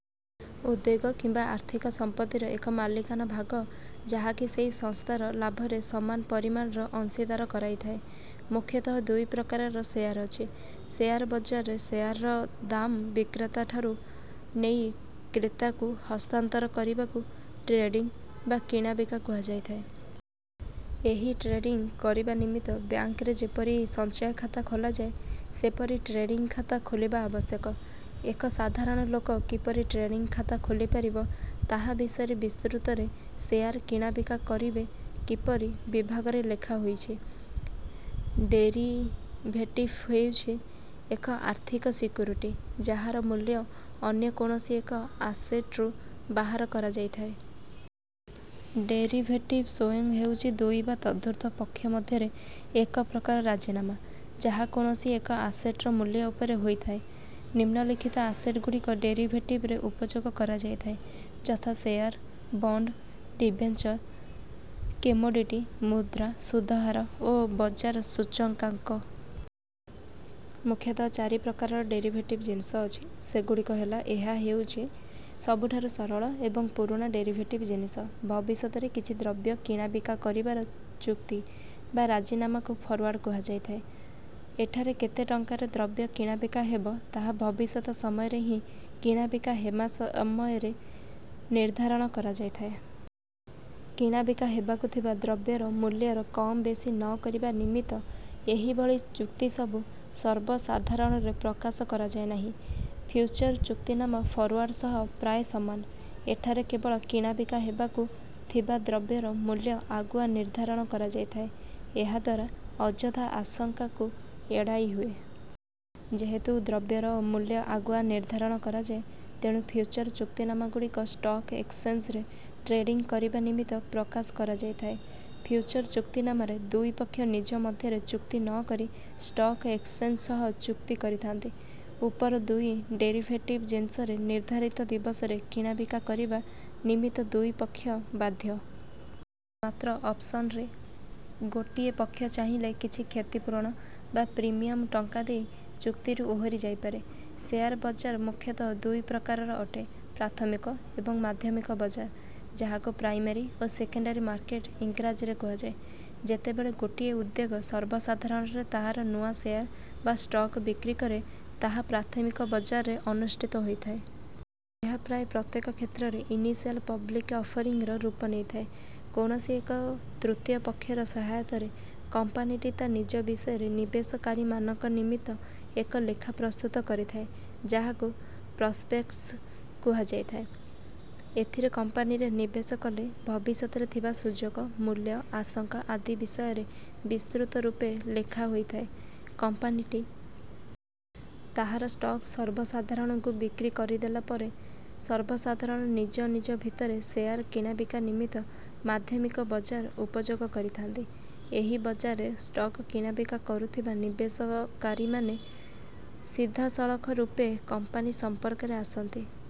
ଉଦ୍ୟୋଗ କିମ୍ବା ଆର୍ଥିକ ସମ୍ପତ୍ତିର ଏକ ମାଲିକାନା ଭାଗ, ଯାହାକି ସେହି ସଂସ୍ଥାର ଲାଭରେ ସମାନ ପରିମାଣର ଅଂଶୀଦାର କରାଇଥାଏ। ମୁଖ୍ୟତଃ ଦୁଇ ପ୍ରକାରର ଶେୟାର ଅଛି। ଶେୟାର ବଜାରରେ ଶେୟାରର ଦାମ ବିକ୍ରେତାଠାରୁ ନେଇ କ୍ରେତାକୁ ହସ୍ତାନ୍ତର କରିବାକୁ ଟ୍ରେଡିଂ ବା କିଣାବିକା କୁହାଯାଇଥାଏ। ଏହି ଟ୍ରେଡିଂ କରିବା ନିମିତ୍ତ ବ୍ୟାଙ୍କରେ ଯେପରି ସଞ୍ଚୟ ଖାତା ଖୋଲାଯାଏ, ସେପରି ଟ୍ରେଡିଂ ଖାତା ଖୋଲିବା ଆବଶ୍ୟକ। ଏକ ସାଧାରଣ ଲୋକ କିପରି ଟ୍ରେଡିଂ ଖାତା ଖୋଲିପାରିବ, ତାହା ବିଷୟରେ ବିସ୍ତୃତରେ "ଶେୟାର କିଣାବିକା କରିବେ କିପରି" ବିଭାଗରେ ଲେଖାହୋଇଛି। ଡେରିଭେଟିଭ ହେଉଛି ଏକ ଆର୍ଥିକ ସିକ୍ୟୁରିଟି, ଯାହାର ମୂଲ୍ୟ ଅନ୍ୟ କୌଣସି ଏକ ଆସେଟରୁ ବାହାର କରାଯାଇଥାଏ। ଡେରିଭେଟିଭ ସ୍ୱୟଂ ହେଉଛି ଦୁଇ ବା ତଦୂର୍ଦ୍ଧ୍ୱ ପକ୍ଷ ମଧ୍ୟରେ ଏକ ପ୍ରକାର ରାଜିନାମା, ଯାହା କୌଣସି ଏକ ଆସେଟର ମୂଲ୍ୟ ଉପରେ ହୋଇଥାଏ। ନିମ୍ନଲିଖିତ ଆସେଟଗୁଡ଼ିକୁ ଡେରିଭେଟିଭରେ ଉପଯୋଗ କରାଯାଇଥାଏ ଯଥା ଶେୟାର, ବଣ୍ଡ, ଡିବେଞ୍ଚର, କମୋଡିଟି, ମୁଦ୍ରା, ସୁଧହାର ଓ ବଜାର ସୂଚକାଙ୍କ। ମୁଖ୍ୟତଃ ଚାରି ପ୍ରକାରର ଡେରିଭେଟିଭ ଜିନିଷ ଅଛି। ସେଗୁଡ଼ିକ ହେଲା:ଏହା ହେଉଛି ସବୁଠାରୁ ସରଳ ଏବଂ ପୁରୁଣା ଡେରିଭେଟିଭ ଜିନିଷ। ଭବିଷ୍ୟତରେ କିଛି ଦ୍ରବ୍ୟ କିଣାବିକା କରିବାର ଚୁକ୍ତି ବା ରାଜିନାମାକୁ ଫରୱାର୍ଡ କୁହାଯାଇଥାଏ। ଏଠାରେ କେତେ ଟଙ୍କାରେ ଦ୍ରବ୍ୟ କିଣାବିକା ହେବ, ତାହା ଭବିଷ୍ୟତ ସମୟରେ ହିଁ କିଣାବିକା ହେବା ସମୟରେ ନିର୍ଦ୍ଧାରଣ କରାଯାଇଥାଏ। କିଣାବିକା ହେବାକୁ ଥିବା ଦ୍ରବ୍ୟର ମୂଲ୍ୟର କମ୍-ବେଶି ନ କରିବା ନିମିତ୍ତ ଏହିଭଳି ଚୁକ୍ତିସବୁ ସର୍ବସାଧାରଣରେ ପ୍ରକାଶ କରାଯାଏ ନାହିଁ। ଫ୍ୟୁଚର ଚୁକ୍ତିନାମା ଫରୱାର୍ଡ ସହ ପ୍ରାୟ ସମାନ, ଏଠାରେ କେବଳ କିଣାବିକା ହେବାକୁ ଥିବା ଦ୍ରବ୍ୟର ମୂଲ୍ୟ ଆଗୁଆ ନିର୍ଦ୍ଧାରଣ କରାଯାଇଥାଏ। ଏହାଦ୍ୱାରା ଅଯଥା ଆଶଙ୍କାକୁ ଏଡ଼ାଇହୁଏ। ଯେହେତୁ ଦ୍ରବ୍ୟର ମୂଲ୍ୟ ଆଗୁଆ ନିର୍ଦ୍ଧାରଣ କରାଯାଏ, ତେଣୁ ଫ୍ୟୁଚର ଚୁକ୍ତିନାମାଗୁଡ଼ିକୁ ଷ୍ଟକ୍ ଏକ୍ସଚେଞ୍ଜରେ ଟ୍ରେଡିଂ କରିବା ନିମିତ୍ତ ପ୍ରକାଶ କରାଯାଇଥାଏ। ଫ୍ୟୁଚର ଚୁକ୍ତିନାମାରେ ଦୁଇ ପକ୍ଷ ନିଜ ମଧ୍ୟରେ ଚୁକ୍ତି ନ କରି ଷ୍ଟକ୍ ଏକ୍ସଚେଞ୍ଜ ସହ ଚୁକ୍ତି କରିଥାନ୍ତି। ଉପର ଦୁଇ ଡେରିଭେଟିଭ ଜିନିଷରେ ନିର୍ଦ୍ଧାରିତ ଦିବସରେ କିଣାବିକା କରିବା ନିମିତ୍ତ ଦୁଇ ପକ୍ଷ ବାଧ୍ୟ। ମାତ୍ର ଅପସନରେ ଗୋଟିଏ ପକ୍ଷ ଚାହିଁଲେ କିଛି କ୍ଷତିପୂରଣ ବା ପ୍ରିମିୟମ ଟଙ୍କା ଦେଇ ଚୁକ୍ତିରୁ ଓହରି ଯାଇପାରେ। ଶେୟାର ବଜାର ମୁଖ୍ୟତଃ ଦୁଇ ପ୍ରକାରର ଅଟେ ପ୍ରାଥମିକ ଏବଂ ମାଧ୍ୟମିକ ବଜାର, ଯାହାକୁ ପ୍ରାଇମେରୀ ଓ ସେକେଣ୍ଡାରୀ ମାର୍କେଟ ଇଂରାଜୀରେ କୁହାଯାଏ। ଯେତେବେଳେ ଗୋଟିଏ ଉଦ୍ୟୋଗ ସର୍ବସାଧାରଣରେ ତାହାର ନୂଆ ଶେୟାର ବା ଷ୍ଟକ୍ ବିକ୍ରି କରେ, ତାହା ପ୍ରାଥମିକ ବଜାରରେ ଅନୁଷ୍ଠିତ ହୋଇଥାଏ। ଏହା ପ୍ରାୟ ପ୍ରତ୍ୟେକ କ୍ଷେତ୍ରରେ ଇନିସିଆଲ ପବ୍ଲିକ ଅଫରିଂ ର ରୂପ ନେଇଥାଏ। କୌଣସି ଏକ ତୃତୀୟ ପକ୍ଷର ସହାୟତାରେ, କମ୍ପାନୀଟି ତା' ନିଜ ବିଷୟରେ ନିବେଶକାରୀମାନଙ୍କ ନିମିତ୍ତ ଏକ ଲେଖା ପ୍ରସ୍ତୁତ କରିଥାଏ, ଯାହାକୁ ପ୍ରସପେକ୍ଟସ କୁହାଯାଇଥାଏ। ଏଥିରେ କମ୍ପାନୀରେ ନିବେଶ କଲେ ଭବିଷ୍ୟତରେ ଥିବା ସୁଯୋଗ, ମୂଲ୍ୟ, ଆଶଙ୍କା ଆଦି ବିଷୟରେ ବିସ୍ତୃତ ରୂପେ ଲେଖାହୋଇଥାଏ। କମ୍ପାନୀଟି ତାହାର ଷ୍ଟକ୍ ସର୍ବସାଧାରଣଙ୍କୁ ବିକ୍ରି କରିଦେଲା ପରେ, ସର୍ବସାଧାରଣ ନିଜ ନିଜ ଭିତରେ ଶେୟାର କିଣାବିକା ନିମିତ୍ତ ମାଧ୍ୟମିକ ବଜାର ଉପଯୋଗ କରିଥାନ୍ତି। ଏହି ବଜାରରେ ଷ୍ଟକ୍ କିଣାବିକା କରୁଥିବା ନିବେଶକାରୀମାନେ ସିଧାସଳଖ ରୂପେ କମ୍ପାନୀ ସମ୍ପର୍କରେ ଆସନ୍ତି